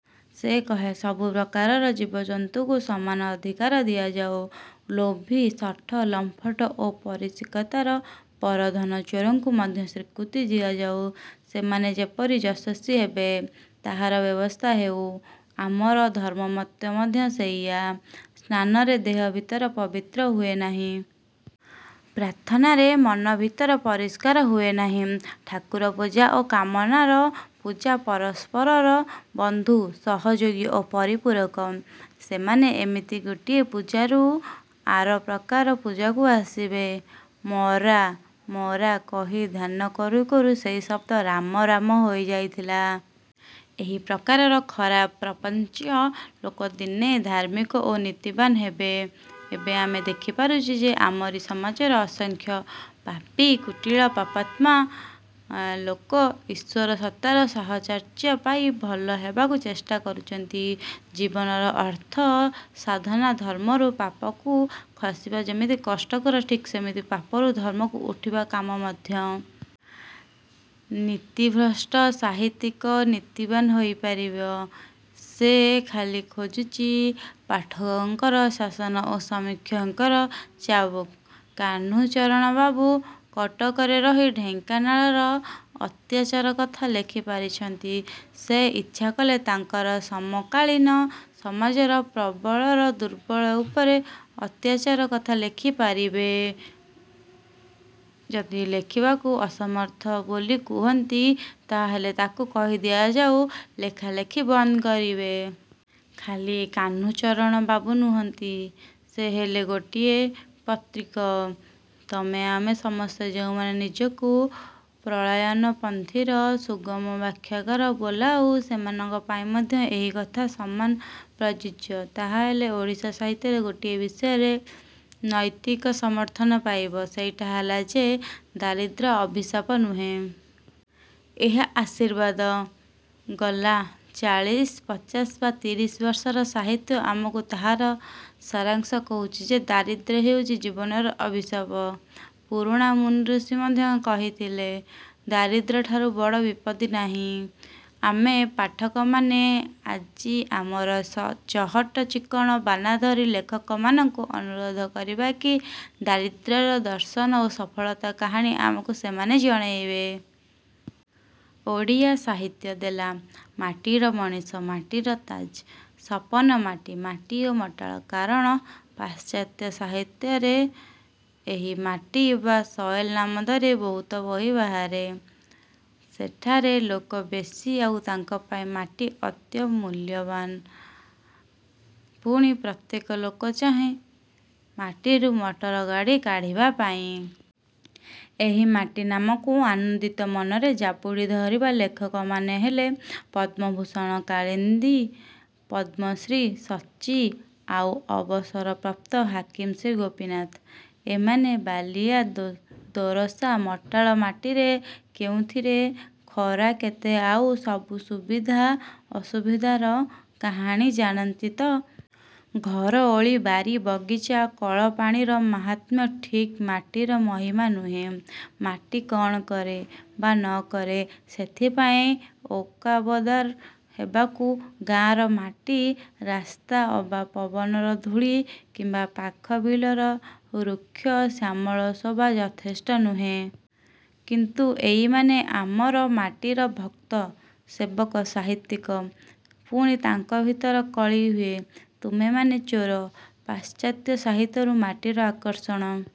ସେ କହେ ସବୁ ପ୍ରକାରର ଜୀବଜନ୍ତୁଙ୍କୁ ସମାନ ଅଧିକାର ଦିଆଯାଉ-ଲୋଭୀ, ଶଠ, ଲମ୍ପଟ ଓ ପରଶ୍ରୀକାତର ଓ ପରଧନଚୋରଙ୍କୁ ମଧ୍ୟ ସ୍ୱୀକୃତି ଦିଆଯାଉ। ସେମାନେ ଯେପରି ଯଶସ୍ୱୀ ହେବେ ତାହାର ବ୍ୟବସ୍ଥା ହେଉ। ଆମର ଧର୍ମମତ ମଧ୍ୟ ସେଇଆ। ସ୍ନାନରେ ଦେହ ଭିତର ପବିତ୍ର ହୁଏ ନାହିଁ। ପ୍ରାର୍ଥନାରେ ମନର ଭିତର ପରିଷ୍କାର ହୁଏ ନାହିଁ। ଠାକୁର ପୂଜା ଓ କାମନାର ପୂଜା ପରସ୍ପରର ବନ୍ଧୁ, ସହଯୋଗୀ ଓ ପରିପୂରକ। ସେମାନେ ଏମିତି ଗୋଟିଏ। ପୂଜାରୁ ଆର ପ୍ରକାରର ପୂଜାକୁ ଆସିବେ। ମ-ରା ମ-ରା କହି ଧ୍ୟାନ କରୁ କରୁ ସେହି ଶଦ୍ଦ ରାମ-ରାମ ହୋଇ ଯାଇଥିଲା। ଏହିପ୍ରକାରର ଖରାପ ପ୍ରପଞ୍ଚ ଲୋକ ଦିନେ ଧାର୍ମିକ ଓ ନୀତିବାନ୍ ହେବେ। ଏବେ ଆମେ ଦେଖିପାରୁଛୁ ଯେ ଆମରି ସମାଜର ଅସଂଖ୍ୟ ପାପୀ, କୁଟିଳ, ପାପାତ୍ମା ଲୋକ ଈଶ୍ୱର ସତ୍ତାର ସାହଚର୍ଯ୍ୟ ପାଇ ଭଲ ହେବାକୁ ଚେଷ୍ଟା କରୁଛନ୍ତି। ଜୀବନର ଅର୍ଥ ସାଧନା-ଧର୍ମରୁ ପାପକୁ ଖସିବା ଯେମିତି କଷ୍ଟକର ଠିକ୍ ସେମିତି ପାପରୁ ଧର୍ମକୁ ଉଠିବା କାମ ମଧ୍ୟ। ନୀତିଭ୍ରଷ୍ଟ ସାହିତ୍ୟିକ ନୀତିବାନ ହୋଇପାରିବ। ସେ ଖାଲି ଖୋଜୁଛି ପାଠକଙ୍କର ଶାସନ ଓ ସମୀକ୍ଷକଙ୍କର ଚାବୁକ। କାହ୍ନୁଚରଣବାବୁ କଟକରେ ରହି ଢେଙ୍କାନାଳର ଅତ୍ୟାଚାର କଥା ଲେଖିପାରିଛନ୍ତି। ସେ ଇଚ୍ଛା କଲେ ତାଙ୍କର ସମକାଳୀନ ସମାଜର ପ୍ରବଳର ଦୁର୍ବଳ ଉପରେ ଅତ୍ୟାଚାର କଥା ଲେଖିପାରିବେ। ଯଦି ଲେଖିବାକୁ ଅସମର୍ଥ ବୋଲି କୁହନ୍ତି ତାହାହେଲେ ତାଙ୍କୁ କହିଦିଆଯାଉ-ଲେଖାଲେଖି ବନ୍ଦ କରିବେ। ଖାଲି କାହ୍ନୁଚରଣବାବୁ ନୁହନ୍ତି-ସେ ହେଲେ ଗୋଟିଏ ପ୍ରତୀକ। ତମେ ଆମେ ସମସ୍ତେ ଯେଉଁମାନେ ନିଜକୁ ପଳାୟନପନ୍ଥୀର ସୁଗମ ବାଖ୍ୟାକାର ବୋଲାଉ ସେମାନଙ୍କ ପାଇଁ ମଧ୍ୟ ଏହି କଥା ସମାନ ପ୍ରଯୁଯ୍ୟ। ତାହାହେଲେ ଓଡ଼ିଆ ସାହିତ୍ୟ ଗୋଟିଏ ବିଷୟରେ ନୈତିକ ସମର୍ଥନ ପାଇବ-ସେଇଟା ହେଲା ଯେ ଦାରିଦ୍ର୍ୟ ଅଭିଶାପ ନୁହେଁ। ଏହା ଆଶୀର୍ବାଦ। ଗଲା ଚାଳଶି ପଚାଶ ବା ତିରିଶିବର୍ଷର ସାହିତ୍ୟ ଆମକୁ ତାହାର ସାରାଂଶ କହୁଛି ଯେ ଦାରିଦ୍ର୍ୟ ହେଉଛି ଜୀବନର ଅଭିଶାପ। ପୁରୁଣା ମୁନିଋଷି ମଧ୍ୟ କହିଥିଲେ-ଦାରିଦ୍ର୍ୟଠାରୁ ବଡ଼ ବିପଦ ନାହିଁ। ଆମେ ପାଠକମାନେ ଆଜି ଆମର ଚହଟ ଚିକ୍କଣ ବାନାଧାରୀ ଲେଖକମାନଙ୍କୁ ଅନୁରୋଧ କରିବା କି-ଦାରିଦ୍ର୍ୟର ଦର୍ଶନ ଓ ସଫଳତାର କାହାଣୀ ଆମକୁ ସେମାନେ ଜଣାଇବେ। ଓଡ଼ିଆ ସାହିତ୍ୟ ଦେଲା-ମାଟିର ମଣିଷ, ମାଟିର ତାଜ, ସପନ ମାଟି, ମାଟି ଓ ମଟାଳ-। କାରଣ ପାଶ୍ଚାତ୍ୟ ସାହିତ୍ୟରେ ଏଇ ମାଟି ବା ସଏଲ୍ ନାମ ଧରି ବହୁତ ବହି ବାହାରେ-। ସେଠାରେ ଲୋକ ବେଶି ଆଉ ତାଙ୍କପାଇଁ ମାଟି ଅତି ମୂଲ୍ୟବାନ। ପୁଣି ପ୍ରତ୍ୟେକ ଲୋକ ଚାହେଁ ମାଟିରୁ ମଟରଗାଡ଼ି କାଢ଼ିବା ପାଇଁ। ଏହି ମାଟି ନାମକୁ ଆନନ୍ଦିତ ମନରେ ଜାବୁଡ଼ି ଧରିବା ଲେଖକମାନେ ହେଲେ ପଦ୍ମଭୂଷଣ କଳିନ୍ଦୀ, ପଦ୍ମଶ୍ରୀ ସଚ୍ଚି ଆଉ ଅବସରପ୍ରାପ୍ତ ହାକିମ ଶ୍ରୀ ଗୋପୀନାଥ। ଏମାନେ ବାଲିଆ, ଦୋରସା, ମଟାଳ ମାଟିରେ କେଉଁଥିରେ ଖାରା କେତେ ଆଉ ସବୁ ସୁବିଧା ଅସୁବିଧାର କାହାଣୀ ଜାଣନ୍ତି ତ? ଘର ଓଳି ବାରି ବଗିଚା ଓ କଳପାଣିର ମାହାତ୍ମ୍ୟ ଠିକ୍ ମାଟିର ମହିମା ନୁହେଁ। ମାଟି କ'ଣ କରେ ବା ନ କରେ ସେଥିପାଇଁ ୱାକବଦାର ହେବାକୁ ଗାଁର ମାଟି ରାସ୍ତା ଅବା ପବନର ଧୂଳି କିମ୍ୱା ପାଖ ବିଲର ରୁକ୍ଷ ଶ୍ୟାମଳ ଶୋଭା ଯଥେଷ୍ଟ ନୁହେଁ। କିନ୍ତୁ ଏଇମାନେ ଆମର ମାଟିର ଭକ୍ତ-ସେବକ-ସାହିତ୍ୟିକ। ପୁଣି ତାଙ୍କ ଭିତରେ କଳି ହୁଏ-ତୁମେମାନେ ଚୋର। ପାଶ୍ଚାତ୍ୟ ସାହିତ୍ୟରୁ ମାଟିର ଆକର୍ଷଣର